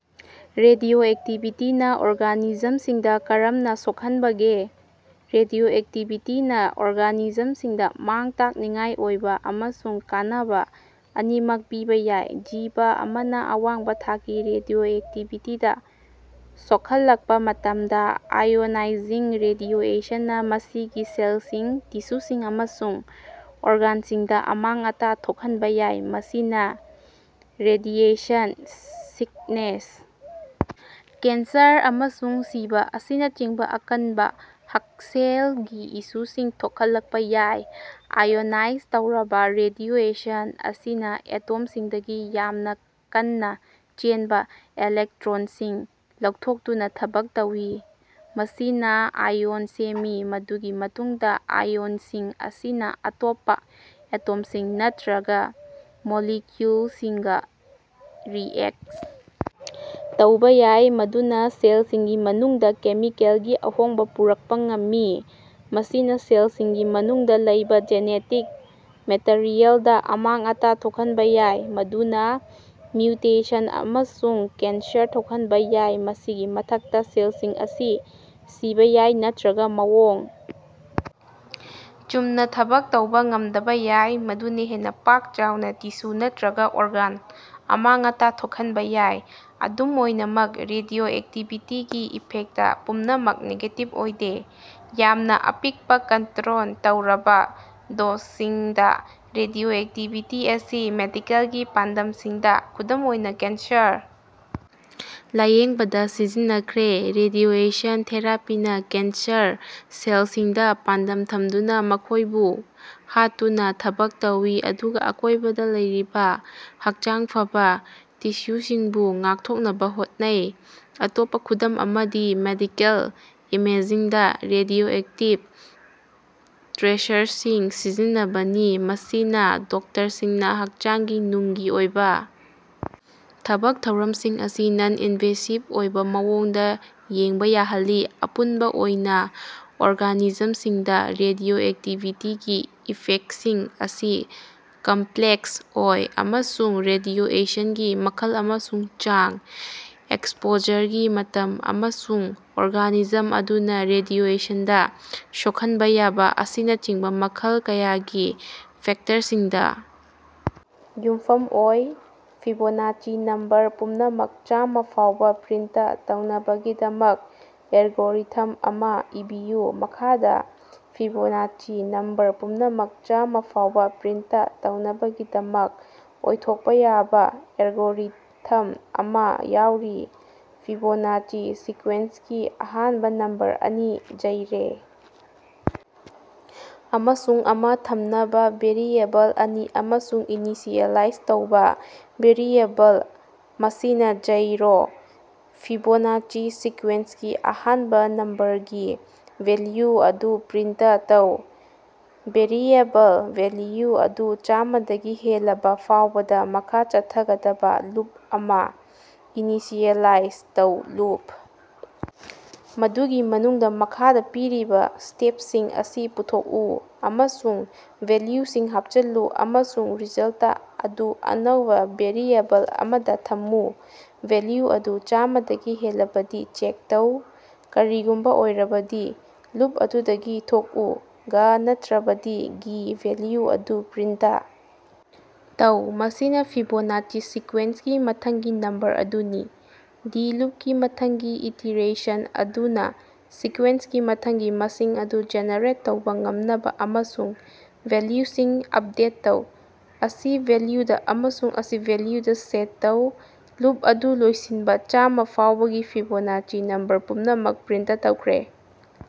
ꯔꯦꯗꯤꯑꯣꯑꯦꯛꯇꯤꯚꯤꯇꯤꯅ ꯑꯣꯔꯒꯥꯅꯤꯖꯝꯁꯤꯡꯗ ꯀꯔꯝꯅ ꯁꯣꯛꯍꯟꯕꯒꯦ? ꯔꯦꯗꯤꯑꯣꯑꯦꯛꯇꯤꯚꯤꯇꯤꯅ ꯑꯣꯔꯒꯥꯅꯤꯖꯝꯁꯤꯡꯗ ꯃꯥꯡ-ꯇꯥꯛꯅꯤꯡꯉꯥꯏ ꯑꯣꯏꯕ ꯑꯃꯁꯨꯡ ꯀꯥꯟꯅꯕ ꯑꯅꯤꯃꯛ ꯄꯤꯕ ꯌꯥꯏ꯫ ꯖꯤꯕ ꯑꯃꯅ ꯑꯋꯥꯡꯕ ꯊꯥꯛꯀꯤ ꯔꯦꯗꯤꯑꯣꯑꯦꯛꯇꯤꯚꯤꯇꯤꯗ ꯁꯣꯛꯍꯜꯂꯛꯄ ꯃꯇꯝꯗ, ꯑꯥꯏꯑꯣꯅꯥꯏꯖꯤꯡ ꯔꯦꯗꯤꯑꯦꯁꯟꯅ ꯃꯁꯤꯒꯤ ꯁꯦꯜꯁꯤꯡ, ꯇꯤꯁꯨꯁꯤꯡ ꯑꯃꯁꯨꯡ ꯑꯣꯔꯒꯥꯟꯁꯤꯡꯗ ꯑꯃꯥꯡ-ꯑꯇꯥ ꯊꯣꯛꯍꯟꯕ ꯌꯥꯏ꯫ ꯃꯁꯤꯅ ꯔꯦꯗꯤꯑꯦꯁꯟ ꯁꯤꯛꯅꯦꯁ, ꯀꯦꯟꯁꯔ, ꯑꯃꯁꯨꯡ ꯁꯤꯕ ꯑꯁꯤꯅꯆꯤꯡꯕ ꯑꯀꯟꯕ ꯍꯛꯁꯦꯜꯒꯤ ꯏꯁꯨꯁꯤꯡ ꯊꯣꯛꯍꯜꯂꯛꯄ ꯌꯥꯏ꯫ ꯑꯥꯏꯑꯣꯅꯥꯏꯖ ꯇꯧꯔꯕ ꯔꯦꯗꯤꯑꯦꯁꯟ ꯑꯁꯤꯅ ꯑꯦꯇꯣꯝꯁꯤꯡꯗꯒꯤ ꯌꯥꯝꯅ ꯀꯟꯅ‌ ꯆꯦꯟꯕ ꯏꯂꯦꯛꯇ꯭ꯔꯣꯟꯁꯤꯡ ꯂꯧꯊꯣꯛꯇꯨꯅ ꯊꯕꯛ ꯇꯧꯏ, ꯃꯁꯤꯅ ꯑꯥꯏꯑꯣꯟ ꯁꯦꯝꯃꯤ꯫ ꯃꯗꯨꯒꯤ ꯃꯇꯨꯡꯗ ꯑꯥꯏꯑꯣꯟꯁꯤꯡ ꯑꯁꯤꯅ ꯑꯇꯣꯞꯄ ꯑꯦꯇꯣꯝꯁꯤꯡ ꯅꯠꯇꯔꯒ ꯃꯣꯂꯤꯀ꯭ꯌꯨꯜꯁꯤꯡꯒ ꯔꯤꯑꯦꯛꯇ ꯇꯧꯕ ꯌꯥꯏ, ꯃꯗꯨꯅ ꯁꯦꯜꯁꯤꯡꯒꯤ ꯃꯅꯨꯡꯗ ꯀꯦꯃꯤꯀꯦꯜꯒꯤ ꯑꯍꯣꯡꯕ ꯄꯨꯔꯛꯄ ꯉꯝꯃꯤ꯫ ꯃꯁꯤꯅ ꯁꯦꯜꯁꯤꯡꯒꯤ ꯃꯅꯨꯡꯗ ꯂꯩꯕ ꯖꯦꯅꯦꯇꯤꯛ ꯃꯦꯇꯥꯔꯤꯑꯦꯜ ꯗꯥ ꯑꯃꯥꯡ-ꯑꯇꯥ ꯊꯣꯛꯍꯟꯕ ꯌꯥꯏ, ꯃꯗꯨꯅꯥ ꯃ꯭ꯌꯨꯇꯦꯁꯟ ꯑꯃꯁꯨꯡ ꯀꯦꯟꯁꯔ ꯊꯣꯛꯍꯟꯕ ꯌꯥꯏ꯫ ꯃꯁꯤꯒꯤ ꯃꯊꯛꯇ, ꯁꯦꯜꯁꯤꯡ ꯑꯁꯤ ꯁꯤꯕꯥ ꯌꯥꯏ ꯅꯠꯇꯔꯒ ꯃꯑꯣꯡ ꯆꯨꯝꯅ ꯊꯕꯛ ꯇꯧꯕ ꯉꯝꯗꯕ ꯌꯥꯏ, ꯃꯗꯨꯅ ꯍꯦꯟꯅ ꯄꯥꯛ-ꯆꯥꯎꯅ ꯇꯤꯁꯨ ꯅꯠꯇꯔꯒ ꯑꯣꯔꯒꯥꯟ ꯑꯃꯥꯡ-ꯑꯇꯥ ꯊꯣꯛꯍꯟꯕ ꯌꯥꯏ꯫ ꯑꯗꯨꯝ ꯑꯣꯏꯅꯃꯛ, ꯔꯦꯗꯤꯑꯣꯑꯦꯛꯇꯤꯚꯤꯇꯤꯒꯤ ꯏꯐꯦꯛꯇ ꯄꯨꯝꯅꯃꯛ ꯅꯦꯒꯦꯇꯤꯚ ꯑꯣꯏꯗꯦ꯫ ꯌꯥꯝꯅ ꯑꯄꯤꯛꯄ, ꯀꯟꯇꯔꯣꯜ ꯇꯧꯔꯕ ꯗꯣꯖꯁꯤꯡꯗ, ꯔꯦꯗꯤꯑꯣꯑꯦꯛꯇꯤꯚꯤꯇꯤ ꯑꯁꯤ ꯃꯦꯗꯤꯀꯦꯜꯒꯤ ꯄꯥꯟꯗꯝꯁꯤꯡꯗ, ꯈꯨꯗꯝ ꯑꯣꯏꯅ ꯀꯦꯟꯁꯔ ꯂꯥꯌꯦꯡꯕꯗ ꯁꯤꯖꯤꯟꯅꯈ꯭ꯔꯦ꯫ ꯔꯦꯗꯤꯑꯦꯁꯟ ꯊꯦꯔꯥꯄꯤꯅ ꯀꯦꯟꯁꯔ ꯁꯦꯜꯁꯤꯡꯗ ꯄꯥꯟꯗꯝ ꯊꯝꯗꯨꯅ ꯃꯈꯣꯏꯕꯨ ꯍꯥꯠꯇꯨꯅ ꯊꯕꯛ ꯇꯧꯏ, ꯑꯗꯨꯒ ꯑꯀꯣꯏꯕꯗ ꯂꯩꯔꯤꯕ ꯍꯛꯆꯥꯡ ꯐꯕꯥ ꯇꯤꯁ꯭ꯌꯨꯁꯤꯡꯕꯨ ꯉꯥꯛꯊꯣꯛꯅꯕ ꯍꯣꯠꯅꯩ꯫ ꯑꯇꯣꯞꯄ ꯈꯨꯗꯝ ꯑꯃꯗꯤ ꯃꯦꯗꯤꯀꯦꯜ ꯏꯃꯦꯖꯤꯡꯗ ꯔꯦꯗꯤꯑꯣꯑꯦꯛꯇꯤꯚ ꯇ꯭ꯔꯦꯁꯔꯁꯤꯡ ꯁꯤꯖꯤꯟꯅꯕꯅꯤ, ꯃꯁꯤꯅ ꯗꯣꯛꯇꯔꯁꯤꯡꯅ ꯍꯛꯆꯥꯡꯒꯤ ꯅꯨꯡꯒꯤ ꯑꯣꯏꯕ ꯊꯕꯛ ꯊꯧꯔꯝꯁꯤꯡ ꯑꯁꯤ ꯅꯟ-ꯏꯟꯚꯦꯁꯤꯕ ꯑꯣꯏꯕ ꯃꯑꯣꯡꯗ ꯌꯦꯡꯕ ꯌꯥꯍꯜꯂꯤ꯫ ꯑꯄꯨꯟꯕ ꯑꯣꯏꯅ, ꯑꯣꯔꯒꯥꯅꯤꯖꯝꯁꯤꯡꯗ ꯔꯦꯗꯤꯑꯣꯑꯦꯛꯇꯤꯚꯤꯇꯤꯒꯤ ꯏꯐꯦꯛꯇꯁꯤꯡ ꯑꯁꯤ ꯀꯝꯄ꯭ꯂꯦꯛꯁ ꯑꯣꯏ, ꯑꯃꯁꯨꯡ ꯔꯦꯗꯤꯑꯦꯁꯟꯒꯤ ꯃꯈꯜ ꯑꯃꯁꯨꯡ ꯆꯥꯡ, ꯑꯦꯛꯁꯄꯣꯖꯔꯒꯤ ꯃꯇꯝ, ꯑꯃꯁꯨꯡ ꯑꯣꯔꯒꯥꯅꯤꯖꯝ ꯑꯗꯨꯅ ꯔꯦꯗꯤꯑꯦꯁꯟꯗ ꯁꯣꯛꯍꯟꯕ ꯌꯥꯕ ꯑꯁꯤꯅꯆꯤꯡꯕ‌ ꯃꯈꯜ ꯀꯌꯥꯒꯤ ꯐꯦꯛꯇꯔꯁꯤꯡꯗ ꯌꯨꯝꯐꯝ ꯑꯣꯏ꯫ ꯐꯤꯕꯣꯅꯥꯆꯤ ꯅꯝꯕꯔ ꯄꯨꯝꯅꯃꯛ ꯆꯥꯝꯃꯥ ꯐꯥꯎꯕ ꯄ꯭ꯔꯤꯟꯇ ꯇꯧꯅꯕꯒꯤꯗꯃꯛ ꯑꯦꯜꯒꯣꯔꯤꯊꯝ ꯑꯃ ꯏꯕꯤꯌꯨ꯫ ꯃꯈꯥꯗ ꯐꯤꯕꯣꯅꯥꯆꯤ ꯅꯝꯕꯔ ꯄꯨꯝꯅꯃꯛ ꯆꯥꯝꯃꯥ ꯐꯥꯎꯕ‌ ꯄ꯭ꯔꯤꯟꯇ ꯇꯧꯅꯕꯒꯤꯗꯃꯛ ꯑꯣꯏꯊꯣꯛꯄ ꯌꯥꯕ ꯑꯦꯜꯒꯣꯔꯤꯊꯝ ꯑꯃ ꯌꯥꯎꯔꯤ - ꯐꯤꯕꯣꯅꯥꯆꯤ ꯁꯤꯀ꯭ꯋꯦꯟꯁꯀꯤ ꯑꯍꯥꯟꯕ ꯅꯝꯕꯔ ꯑꯅꯤ, ꯖꯩꯔꯦ ꯑꯃꯁꯨꯡ ꯑꯃ ꯊꯝꯅꯕ‌ ꯚꯦꯔꯤꯑꯦꯕꯜ ꯑꯅꯤ, ꯑꯃꯁꯨꯡ, ꯏꯅꯤꯁꯤꯑꯦꯂꯥꯏꯖ ꯇꯧꯕ ꯚꯦꯔꯤꯑꯦꯕꯜ, ꯃꯁꯤꯅ‌ ꯖꯩꯔꯣ, ꯐꯤꯕꯣꯅꯥꯆꯤ ꯁꯤꯀ꯭ꯋꯦꯟꯁꯀꯤ ꯑꯍꯥꯟꯕ ꯅꯝꯕꯔ ꯒꯤ ꯚꯦꯂ꯭ꯌꯨ ꯑꯗꯨ ꯄ꯭ꯔꯤꯟꯇ ꯇꯧ꯫ ꯚꯦꯔꯤꯑꯦꯕꯜ ꯚꯦꯂ꯭ꯌꯨ ꯑꯗꯨ ꯆꯥꯝꯃꯥꯗꯒꯤ ꯍꯦꯜꯂꯕ ꯐꯥꯎꯕꯗ ꯃꯈꯥ ꯆꯠꯊꯒꯗꯕ ꯂꯨꯞ ꯑꯃ ꯏꯅꯤꯁꯤꯑꯦꯂꯥꯏꯖ ꯇꯧ ꯂꯨꯞ ꯃꯗꯨꯒꯤ ꯃꯅꯨꯡꯗ ꯃꯈꯥꯗ ꯄꯤꯔꯤꯕ ꯁ꯭ꯇꯦꯞꯁꯤꯡ ꯑꯁꯤ ꯄꯥꯡꯊꯣꯛꯎ꯫ꯑꯃꯁꯨꯡ ꯚꯦꯂ꯭ꯌꯨꯁꯤꯡ ꯍꯥꯞꯆꯤꯜꯂꯨ ꯑꯃꯁꯨꯡ ꯔꯤꯖꯜꯇ ꯑꯗꯨ ꯑꯅꯧꯕ ꯚꯦꯔꯤꯑꯦꯕꯜ ꯑꯃꯗ‌ ꯊꯝꯃꯨ ꯚꯦꯂ꯭ꯌꯨ ꯑꯗꯨ ꯆꯥꯝꯃꯥꯗꯒꯤ ꯍꯦꯜꯂꯕꯗꯤ ꯆꯦꯛ ꯇꯧ, ꯀꯔꯤꯒꯨꯝꯕ ꯑꯣꯏꯔꯕꯗꯤ, ꯂꯨꯞ ꯑꯗꯨꯗꯒꯤ ꯊꯣꯛꯎ꯫ ꯒ ꯅꯠꯇꯔꯕꯗꯤ, ꯒꯤ ꯚꯦꯂ꯭ꯌꯨ ꯑꯗꯨ ꯄ꯭ꯔꯤꯟꯇ ꯇꯧ, ꯃꯁꯤꯅ ꯐꯤꯕꯣꯅꯥꯆꯤ ꯁꯤꯀ꯭ꯋꯦꯟꯁꯀꯤ ꯃꯊꯪꯒꯤ ꯅꯝꯕꯔ ꯑꯗꯨꯅꯤ꯫ ꯗꯤ ꯂꯨꯞꯀꯤ ꯃꯊꯪꯒꯤ ꯏꯇꯤꯔꯦꯁꯟ ꯑꯗꯨꯅ ꯁꯤꯀ꯭ꯋꯦꯟꯁꯀꯤ ꯃꯊꯪꯒꯤ ꯃꯁꯤꯡ ꯑꯗꯨ ꯖꯦꯅꯦꯔꯦꯠ ꯇꯧꯕ‌ ꯉꯝꯅꯕ ꯑꯃꯁꯨꯡ ꯚꯦꯂ꯭ꯌꯨꯁꯤꯡ ꯑꯞꯗꯦꯠ ꯇꯧ꯫ ꯑꯁꯤ ꯚꯦꯂ꯭ꯌꯨꯗ ꯑꯃꯁꯨꯡ ꯑꯁꯤ ꯚꯦꯂ꯭ꯌꯨꯗ ꯁꯦꯠ ꯇꯧ꯫ ꯂꯨꯞ ꯑꯗꯨ ꯂꯣꯏꯁꯤꯟꯕ - ꯆꯥꯝꯃꯥ ꯐꯥꯎꯕꯒꯤ ꯐꯤꯕꯣꯅꯥꯆꯤ ꯅꯝꯕꯔ ꯄꯨꯝꯅꯃꯛ ꯄ꯭ꯔꯤꯟꯇ ꯇꯧꯈ꯭ꯔꯦ꯫